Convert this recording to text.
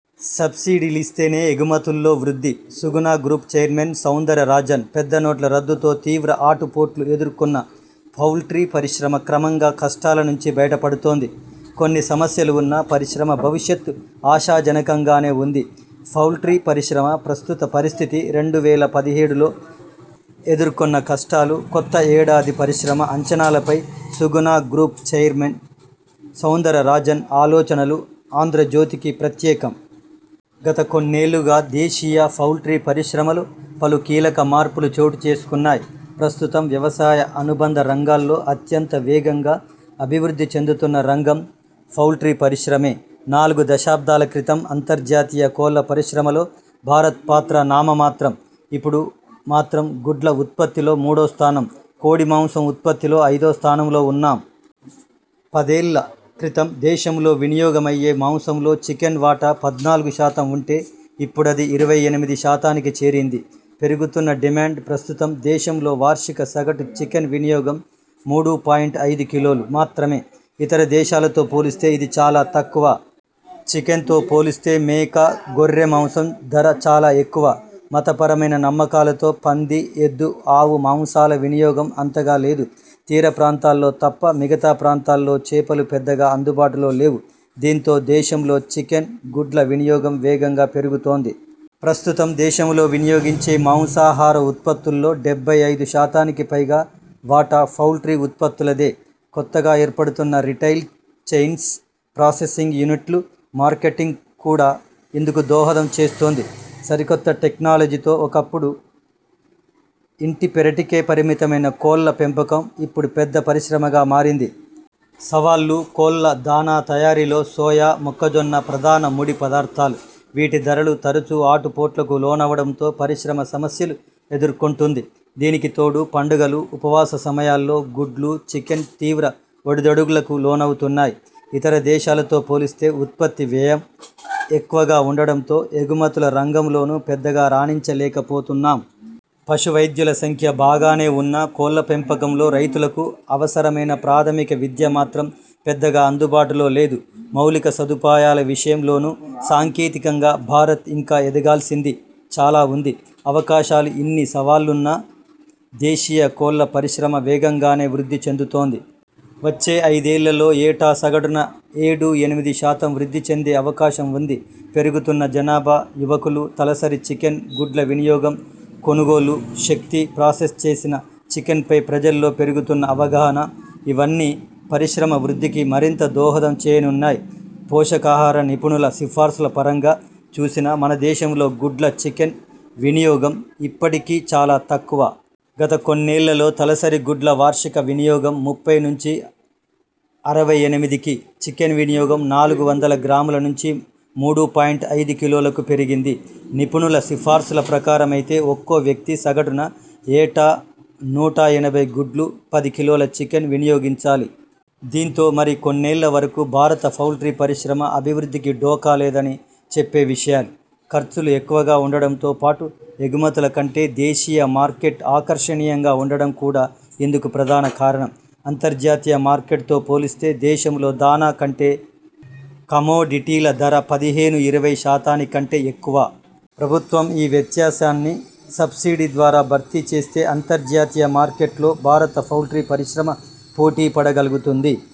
Subsidy లిస్తేనే ఎగుమతుల్లో వృద్ధి Suguna group chairman Soundararajan పెద్ద నోట్ల రద్దు తో తీవ్ర ఆటు పోట్లు ఎదుర్కొన్న పౌల్ట్రీ పరిశ్రమ క్రమంగా కష్టాల నుంచి బయట పడుతోంది. కొన్ని సమస్యలు ఉన్నా పరిశ్రమ భవిష్యత్ ఆశాజనంగానే ఉంది. పౌల్ట్రీ పరిశ్రమ ప్రస్తుత పరిస్థితి, రెండు వేల పదిహేడులో ఎదుర్కొన్న కష్టాలు, కొత్త ఏడాది పరిశ్రమ అంచనాల పై Suguna group chairman Soundararajan ఆలోచనలు 'ఆంధ్రజ్యోతి'కి ప్రత్యేకం. గత కొన్నేళ్లుగా దేశీయ పౌల్ట్రీ పరిశ్రమలో పలు కీలక మార్పులు చోటు చేసుకున్నాయి. ప్రస్తుతం వ్యవసాయ అనుబంధ రంగాల్లో అత్యంత వేగంగా అభివృద్ధి చెందుతున్న రంగం పౌల్ట్రీ పరిశ్రమే. నాలుగు దశాబ్ధాల క్రితం అంతర్జాతీయ కోళ్ల పరిశ్రమలో భారత్ పాత్ర నామమాత్రం. ఇపుడు మాత్రం గుడ్ల ఉత్పత్తిలో మూడో స్థానం, కోడి మాంసం ఉత్పత్తిలో ఐదో స్థానంలో ఉన్నాం. పదేళ్ల క్రితం దేశంలో వినియోగ మయ్యే మాంసంలో చికెన్ వాటా పద్నాలుగు శాతం ఉంటే ఇప్పుడది ఇరవై ఎనిమిది శాతానికి చేరింది. పెరుగుతున్న డిమాండ్ ప్రస్తుతం దేశంలో వార్షిక సగటు చికెన్ వినియోగం మూడు పాయింట్ ఐదు కిలోలు మాత్రమే. ఇతర దేశాలతో పోలిస్తే ఇది చాలా తక్కువ. చికెన్తో పోలిస్తే మేక, గొర్రె మాంసం ధర చాలా ఎక్కువ. మత పరమైన నమ్మకాలతో పంది, ఎద్దు, ఆవు మాంసాల వినియోగం అంతగా లేదు. తీర ప్రాంతాల్లో తప్ప మిగతా ప్రాంతాల్లో చేపలు పెద్దగా అందుబాటులో లేవు. దీంతో దేశంలో చికెన్, గుడ్ల వినియోగం వేగంగా పెరుగుతోంది. ప్రస్తుతం దేశంలో వినియోగించే మాంసాహార ఉత్పత్తుల్లో డెబ్బై ఐదు శాతానికి పైగా వాటా పౌల్ట్రీ ఉత్పత్తులదే. కొత్తగా ఏర్పడుతున్న రిటైల్ చెయిన్స్, ప్రాసెసింగ్ యూనిట్లు, మార్కెటింగ్ కూడా ఇందుకు దోహదం చేస్తోంది. సరికొత్త టెక్నాలజీతో ఒకప్పుడు ఇంటి పెరటికే పరిమితమైన కోళ్ల పెంపకం ఇపుడు పెద్ద పరిశ్రగా మారింది. సవాళ్లు, కోళ్ల దాణా తయారీలో సోయా, మొక్కజొన్న ప్రధాన ముడి పదార్ధాలు. వీటి ధరలు తరచూ ఆటు పోట్లకు లోనవడంతో పరిశ్రమ సమస్యలు ఎదుర్కొంటోంది. దీనికి తోడు పండగలు ఉపవాస సమయాల్లో గుడ్లు, చికెన్ తీవ్ర ఒడుదుడుకులకు లోనవుతున్నాయి. ఇతర దేశాలతో పోలిస్తే ఉత్పత్తి వ్యయం ఎక్కువగా ఉండడంతో ఎగుమతుల రంగంలోనూ పెద్దగా రాణించలేక పోతున్నాం. పశు వైద్యుల సంఖ్య బాగానే ఉన్నా కోళ్ల పెంపకంలో రైతులకు అవసరమైన ప్రాథమిక విద్య మాత్రం పెద్దగా అందుబాటులో లేదు. మౌలిక సదుపాయాల విషయం లోనూ సాంకేతికంగా భారత్ ఇంకా ఎదగాల్సింది చాలా ఉంది. అవకాశాలు ఇన్ని సవాళ్లున్నా దేశీయ కోళ్ల పరిశ్రమ వేగంగానే వృద్ధి చెందుతోంది. వచ్చే ఐదేళ్లలో ఏటా సగటున ఏడు ఎనిమిది శాతం వృద్ధి చెందే అవకాశం ఉంది. పెరుగుతున్న జనాభా, యువకులు, తలసరి చికెన్, గుడ్ల వినియోగం, కొనుగోలు శక్తి, ప్రాసెస్ చేసిన చికెన్పై ప్రజల్లో పెరుగుతున్న అవగాహన ఇవన్నీ పరిశ్రమ వృద్ధికి మరింత దోహదం చేయనున్నాయి. పోషకాహార నిపుణుల సిఫార్సులపరంగా చూసినా మన దేశంలో గుడ్ల, చికెన్ వినియోగం ఇప్పటికీ చాలా తక్కువ. గత కొన్నేళ్లలో తలసరి గుడ్ల వార్షిక వినియోగం ముప్పై నుంచి అరవై ఎనిమిదికి, చికెన్ వినియోగం నాలుగు వందల గ్రాముల నుంచి మూడు పాయింట్ ఐదు కిలోలకు పెరిగింది. నిపుణుల సిఫార్సుల ప్రకారమైతే ఒక్కో వ్యక్తి సగటున ఏటా నూట ఎనభై గుడ్లు, పది కిలోల చికెన్ వినియోగించాలి. దీంతో మరి కొన్నేళ్ల వరకు భారత పౌల్టీ పరిశ్రమ అభివృద్ధికి ఢోకా లేదని చెప్పే విషయాలు. ఖర్చులు ఎక్కువగా ఉండడంతో పాటు, ఎగమతుల కంటే దేశీయ మార్కెట్ ఆకర్షణీయంగా ఉండడం కూడా ఇందుకు ప్రధాన కారణం. అంతర్జాతీయ మార్కెట్తో పోలిస్తే దేశంలో దాణా వంటి కమోడిటీల ధర పదిహేను ఇరవై శాతాని కంటే ఎక్కువ. ప్రభుత్వం ఈ వ్యత్సాసాన్ని సబ్సిడీ ద్వారా భర్తీ చేస్తే అంతర్జాతీయ మార్కెట్లో భారత పౌల్ట్రీ పరిశ్రమ పోటీ పడగలుగుతుంది.